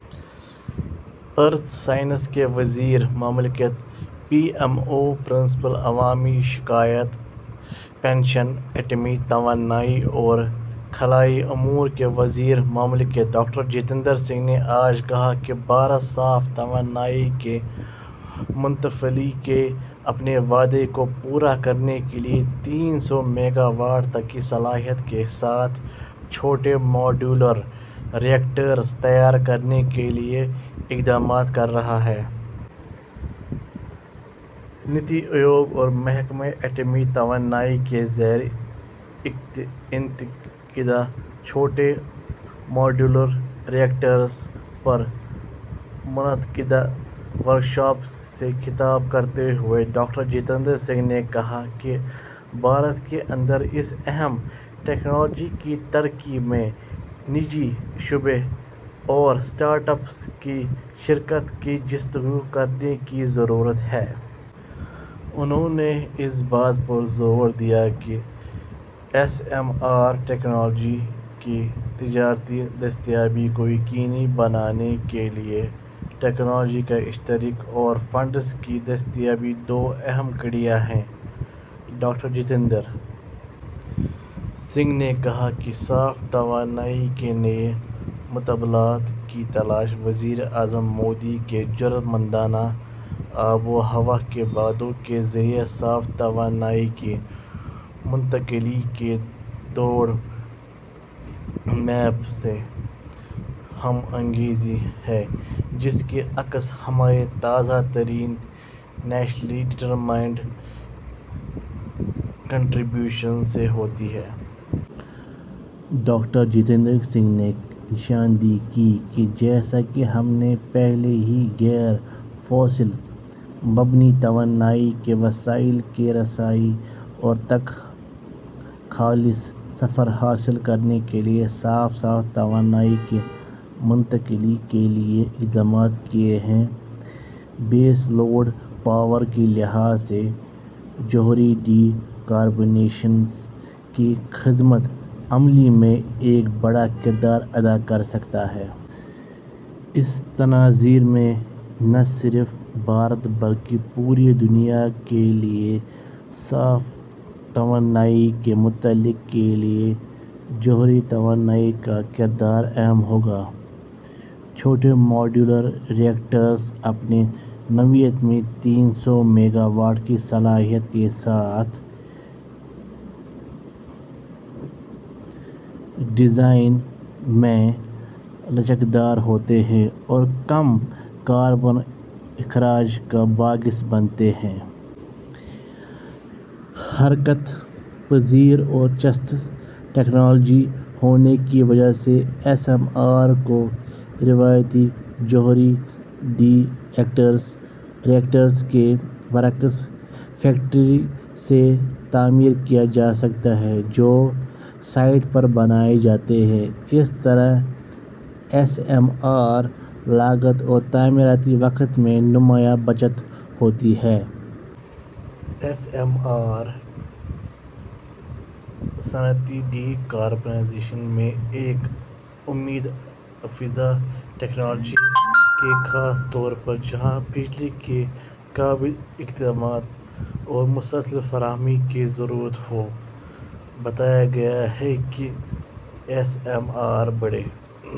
ارتھ sciences کے وزیر مملکت ؛ پی ایم او، پرسنل، عوامی شکایات، پنشن، ایٹمی توانائی اور خلائی امور کے وزیر مملکت ڈاکٹر جتیندر سنگھ نے آج کہا کہ بھارت صاف توانائی کی منتقلی کے اپنے وعدے کو پورا کرنے کے لیے تین سو میگاواٹ تک کی صلاحیت کے ساتھ چھوٹے ماڈیولر ری ایکٹرز تیار کرنے کے لیے اقدامات کر رہا ہے۔ نیتی آیوگ اور محکمہ ایٹمی توانائی کے زیر انعقاد چھوٹے ماڈیولر ری ایکٹرز پر منعقدہ ورکشاپ سے خطاب کرتے ہوئے ڈاکٹر جتیندر سنگھ نے کہا کہ بھارت کے اندر اس اہم ٹکنالوجی کی ترقی میں نجی شعبے اور اسٹارٹ اپس کی شرکت کی جستجو کرنے کی ضرورت ہے۔ انھوں نے اس بات پر زور دیا کہ ایس ایم آر ٹیکنالوجی کی تجارتی دستیابی کو یقینی بنانے کے لیے ٹیکنالوجی کا اشتراک اور فنڈز کی دستیابی دو اہم کڑیاں ہیں۔ ڈاکٹر جتیندر سنگھ نے کہا کہ صاف توانائی کے نئے متبادلات کی تلاش وزیر اعظم مودی کے جرات مندانہ آب و ہوا کے وعدوں کے ذریعے صاف توانائی کی منتقلی کے روڈ میپ سے ہم آہنگ ہے جس کی عکاسی ہماری تازہ ترین نیشنلی ڈٹرمنڈ کنٹری بیوشنز سے ہوتی ہے۔ ڈاکٹر جتیندر سنگھ نے نشاندہی کی کہ جیسا کہ ہم نے پہلے ہی غیر فوسل مبنی توانائی کے وسائل کی رسائی اور تک خالص صفر حاصل کرنے کے ساتھ صاف توانائی کی منتقلی کے لیے اقدامات کیے ہیں، بیس لوڈ پاور کے لحاظ سے جوہری ڈی کاربونائزیشن کی حکمت عملی میں ایک بڑا کردار ادا کرسکتا ہے۔ اس تناظر میں نہ صرف بھارت بلکہ پوری دنیا کے لیے صاف توانائی کی منتقلی کے لیے جوہری توانائی کا کردار اہم ہوگا۔ چھوٹے ماڈیولر ری ایکٹرز، اپنی نوعیت میں تین سو میگاواٹ کی صلاحیت کے ساتھ ڈیزائن میں لچکدار ہوتے ہیں اور کم کاربن اخراج کا باعث بنتے ہیں۔ حرکت پذیر اور چست ٹکنالوجی ہونے کی وجہ سے ایس ایم آر کو روایتی جوہری ری ایکٹرز کے برعکس فیکٹری سے تعمیر کیا جاسکتا ہے جو سائٹ پر بنائے جاتے ہیں۔ اس طرح ایس ایم آر لاگت اور تعمیراتی وقت میں نمایاں بچت ہوتی ہے۔ ایس ایم آر صنعتی ڈی کاربونائزیشن میں ایک امید افزا ٹیکنالوجی ہے خاص طور پر جہاں بجلی کی قابل اعتماد اور مسلسل فراہمی کی ضرورت ہو۔ بتایا گیا ہے کہ ایس ایم آر بڑے